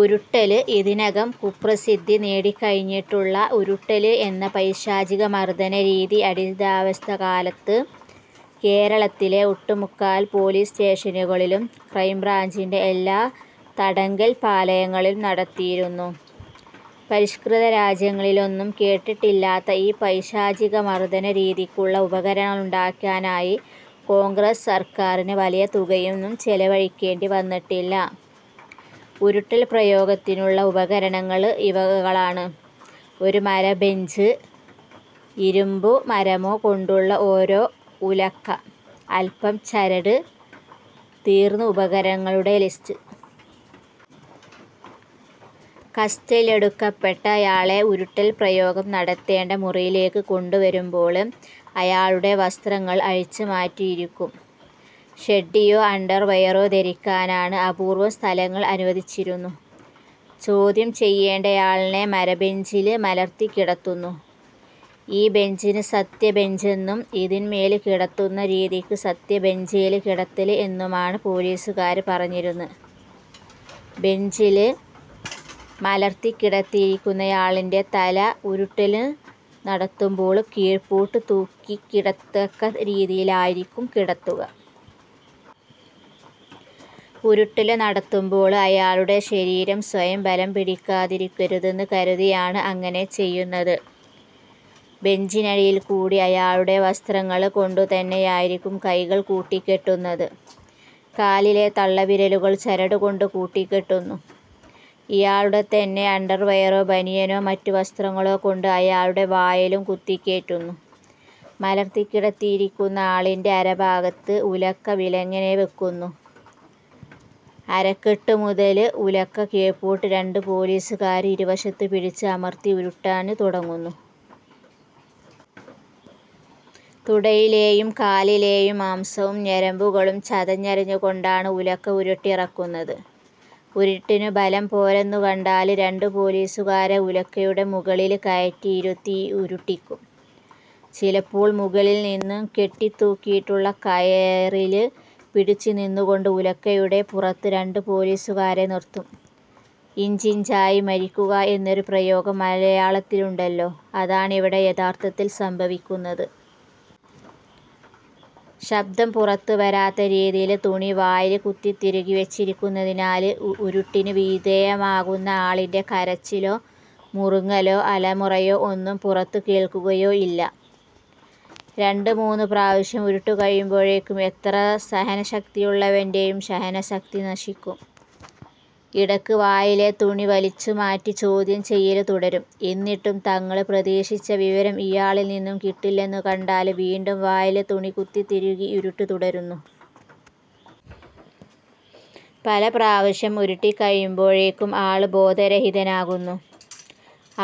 ഉരുട്ടല് ഇതിനകം കുപ്രസിദ്ധി നേടിക്കഴിഞ്ഞിട്ടുള്ള ഉരുട്ടല് എന്ന പൈശാചികമര്ദനരീതി അടിയന്തരാവസ്ഥക്കാലത്ത് കേരളത്തിലെ ഒട്ടുമുക്കാല് പോലീസ് സ്റ്റേഷനുകളിലും, ക്രൈംബ്രാഞ്ചിന്റെ എല്ലാ തടങ്കല്പ്പാളയങ്ങളിലും നടത്തിയിരുന്നു. പരിഷ്കൃതരാജ്യങ്ങളിലൊന്നും കേട്ടിട്ടില്ലാത്ത ഈ പൈശാചിക മര്ദനരീതിക്കുള്ള ഉപകരണങ്ങളുണ്ടാക്കാനായി കോണ്ഗ്രസ് സര്ക്കാറിന് വലിയ തുകയൊന്നും ചെലവഴിക്കേണ്ടിവന്നിട്ടില്ല. ഉരുട്ടല്പ്രയോഗത്തിനുള്ള ഉപകരണങ്ങള് ഇവകളാണ്. ഒരു മരബെഞ്ച്, ഇരുമ്പോ മരമോ കൊണ്ടുള്ള ഓരോ ഉലക്ക, അല്പം ചരട്, തീര്ന്നു ഉപകരണങ്ങളുടെ ലിസ്റ്റ്. കസ്റ്റഡിയിലെടുക്കപ്പെട്ടയാളെ ഉരുട്ടല്പ്രയോഗം നടത്തേണ്ട മുറിയിലേക്ക് കൊണ്ടുവരുമ്പോള് അയാളുടെ വസ്ത്രങ്ങള് അഴിച്ചുമാറ്റിയിരിക്കും. ഷഡ്ഡിയോ അണ്ടര്വെയറോ ധരിക്കാന് അപൂര്വം സ്ഥലങ്ങളില് അനുവദിച്ചിരുന്നു. ചോദ്യം ചെയ്യേണ്ടയാളിനെ മരബെഞ്ചില് മലര്ത്തിക്കിടത്തുന്നു. ഈ ബെഞ്ചിന് 'സത്യബെഞ്ചെന്നും' ഇതിന്മേല് കിടത്തുന്ന രീതിക്ക് സത്യ ബഞ്ചേല് കിടത്തല് എന്നുമാണ് പോലീസുകാര് പറഞ്ഞിരുന്നത്. ബെഞ്ചില് മലര്ത്തിക്കിടത്തിയിരിക്കുന്നയാളിന്റെ തല ഉരുട്ടല് നടത്തുമ്പോള് കീഴ്പ്പോട്ട് തൂങ്ങിക്കിടക്കത്തക്കരീതിയിലായിരിക്കും കിടത്തുക. ഉരുട്ടല് നടത്തുമ്പോള് അയാളുടെ ശരീരം സ്വയം ബലംപിടിക്കരുതെന്ന് കരുതിയാണ് അങ്ങനെ ചെയ്യുന്നത്. ബെഞ്ചിനടിയില്ക്കൂടി അയാളുടെ വസ്ത്രങ്ങള് കൊണ്ടുതന്നെയായിരിക്കും കൈകള് കൂട്ടിക്കെട്ടുന്നത്. കാലിലെ തള്ളവിരലുകള് ചരടുകൊണ്ട് കൂട്ടിക്കെട്ടുന്നു. ഇയാളുടെതന്നെ അണ്ടര്വെയറോ, ബനിയനോ, മറ്റു വസ്ത്രങ്ങളോകൊണ്ട് അയാളുടെ വായിലും കുത്തിക്കേറ്റുന്നു. മലര്ത്തിക്കിടത്തിയിരിക്കുന്ന ആളിന്റെ അരഭാഗത്ത് ഉലക്ക വിലങ്ങനെ വെക്കുന്നു. അരക്കെട്ടു മുതല് ഉലക്ക കീഴ്പ്പോട്ട് രണ്ടു പോലീസുകാര് ഇരുവശത്ത് പിടിച്ച് അമര്ത്തി ഉരുട്ടാന് തുടങ്ങുന്നു. തുടയിലേയും കാലിലേയും മാംസവും ഞരമ്പുകളും ചതച്ചരച്ചുകൊണ്ടാണ് ഉലക്ക ഉരുണ്ടിറങ്ങുന്നത്. ഉരുട്ടിനു ബലം പോരെന്നുകണ്ടാല് രണ്ടു പോലീസുകാരെ ഉലക്കയുടെ മുകളില് കയറ്റി ഇരുത്തി ഉരുട്ടിക്കും. ചിലപ്പോള് മുകളില്നിന്ന് കെട്ടിത്തൂക്കിയിട്ടുള്ള കയറില് പിടിച്ചുനിന്നുകൊണ്ട് ഉലക്കയുടെ പുറത്ത് രണ്ടു പോലീസുകാരെ നിര്ത്തും. ഇഞ്ചിഞ്ചായി മരിക്കുക എന്നൊരു പ്രയോഗം മലയാളത്തിലുണ്ടല്ലോ. അതാണിവിടെ യഥാര്ഥത്തില് സംഭവിക്കുന്നത്. ശബ്ദം പുറത്തുവരാത്ത രീതിയില് തുണി വായില് കുത്തിത്തിരുകി വെച്ചിരിക്കുന്നതിനാല് ഉരുട്ടിന് വിധേയനാകുന്ന ആളിന്റെ കരച്ചിലോ മുറുങ്ങലോ അലമുറയോ ഒന്നും പുറത്തു കേള്ക്കുകയേ ഇല്ല. രണ്ടുമൂന്നു പ്രാവശ്യം ഉരുട്ടു കഴിയുമ്പോഴേക്കും എത്ര സഹനശക്തിയുള്ളവന്റെയും സഹനശക്തി നശിക്കും. ഇടയ്ക്ക് വായിലെ തുണി വലിച്ചുമാറ്റി ചോദ്യം ചെയ്യല് തുടരും. എന്നിട്ടും തങ്ങള് പ്രതീക്ഷിച്ച വിവരം ഇയാളില്നിന്നും കിട്ടുന്നില്ലെന്നു കണ്ടാല് വീണ്ടും വായില് തുണി കുത്തിത്തിരുകി ഉരുട്ട് തുടരുന്നു. പലപ്രാവശ്യം ഉരുട്ടിക്കഴിയുമ്പോഴേക്കും ആള് ബോധരഹിതനാകുന്നു.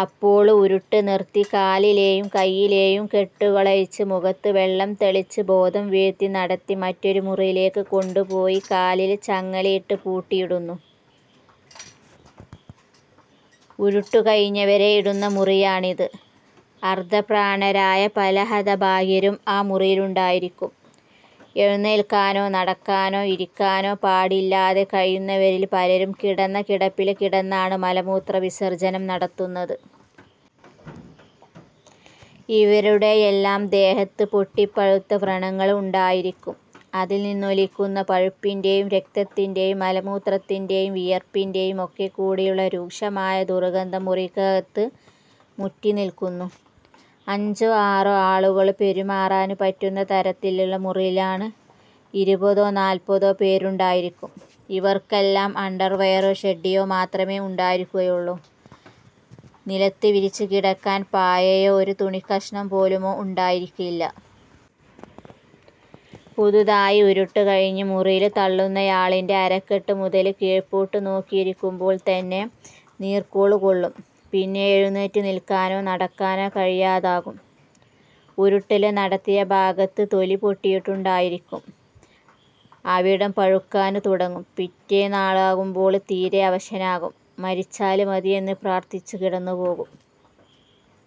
അപ്പോള് ഉരുട്ട് നിര്ത്തി കാലിലെയും കൈയിലെയും കെട്ടുകളഴിച്ച് മുഖത്ത് വെള്ളം തളിച്ച് ബോധം വീഴ്ത്തി നടത്തി മറ്റൊരു മുറിയിലേക്ക് കൊണ്ടുപോയി കാലില് ചങ്ങലയിട്ട് പൂട്ടിയിടുന്നു. ഉരുട്ടു ക്കഴിഞ്ഞവരെ ഇടുന്ന മുറിയാണിത്. അര്ധപ്രാണരായ പല ഹതഭാഗ്യരും ആ മുറിയിലുണ്ടായിരിക്കും. എഴുന്നേല്ക്കാനോ നടക്കാനോ ഇരിക്കാനോ പാടില്ലാതെ കഴിയുന്നവരില് പലരും കിടന്ന കിടപ്പില് കിടന്നാണ് മലമൂത്രവിസര്ജനം നടത്തുന്നത്. ഇവരുടെയെല്ലാം ദേഹത്ത് പൊട്ടിപ്പഴുത്ത വ്രണങ്ങള് ഉണ്ടായിരിക്കും. അതില്നിന്നൊലിക്കുന്ന പഴുപ്പിന്റെയും, രക്തത്തിന്റെയും, മലമൂത്രത്തിന്റെയും, വിയര്പ്പിന്റെയും ഒക്കെക്കൂടിയുള്ള രൂക്ഷമായ ദുര്ഗന്ധം മുറിക്കകത്ത് മുറ്റിനില്ക്കുന്നു. അഞ്ചോ ആറോ ആളുകള്ക്ക് പെരുമാറാന് പറ്റുന്ന തരത്തിലുള്ള മുറിയില് ഇരുപതോ നാല്പതോ പേരുണ്ടായിരിക്കും. ഇവര്ക്കെല്ലാം അണ്ടര്വെയറോ ഷഡ്ഡിയോ മാത്രമേ ഉണ്ടായിരിക്കുകയുള്ളൂ. നിലത്ത് വിരിച്ചു കിടക്കാന് പായോ ഒരു തുണിക്കഷണംപോലുമോ ഉണ്ടായിരിക്കയില്ല. പുതുതായി ഉരുട്ടുകഴിഞ്ഞ് മുറിയില് തള്ളുന്നയാളിന്റെ അരക്കെട്ടു മുതല് കീഴ്പ്പോട്ട് നോക്കിയിരിക്കുമ്പോള്തന്നെ നീര്ക്കോള് കൊള്ളും. പിന്നെ എഴുന്നേറ്റു നില്ക്കാനോ നടക്കാനോ കഴിയാതാകും. ഉരുട്ടല് നടത്തിയഭാഗത്ത് തൊലി പൊട്ടിയിട്ടുണ്ടായിരിക്കും. അവിടം പഴുക്കാന് തുടങ്ങും. പിറ്റേന്നാളാകുമ്പോള് തീരെ അവശനാകും. മരിച്ചാല് മതിയെന്ന് പ്രാര്ഥിച്ചു കിടന്നുപോകും.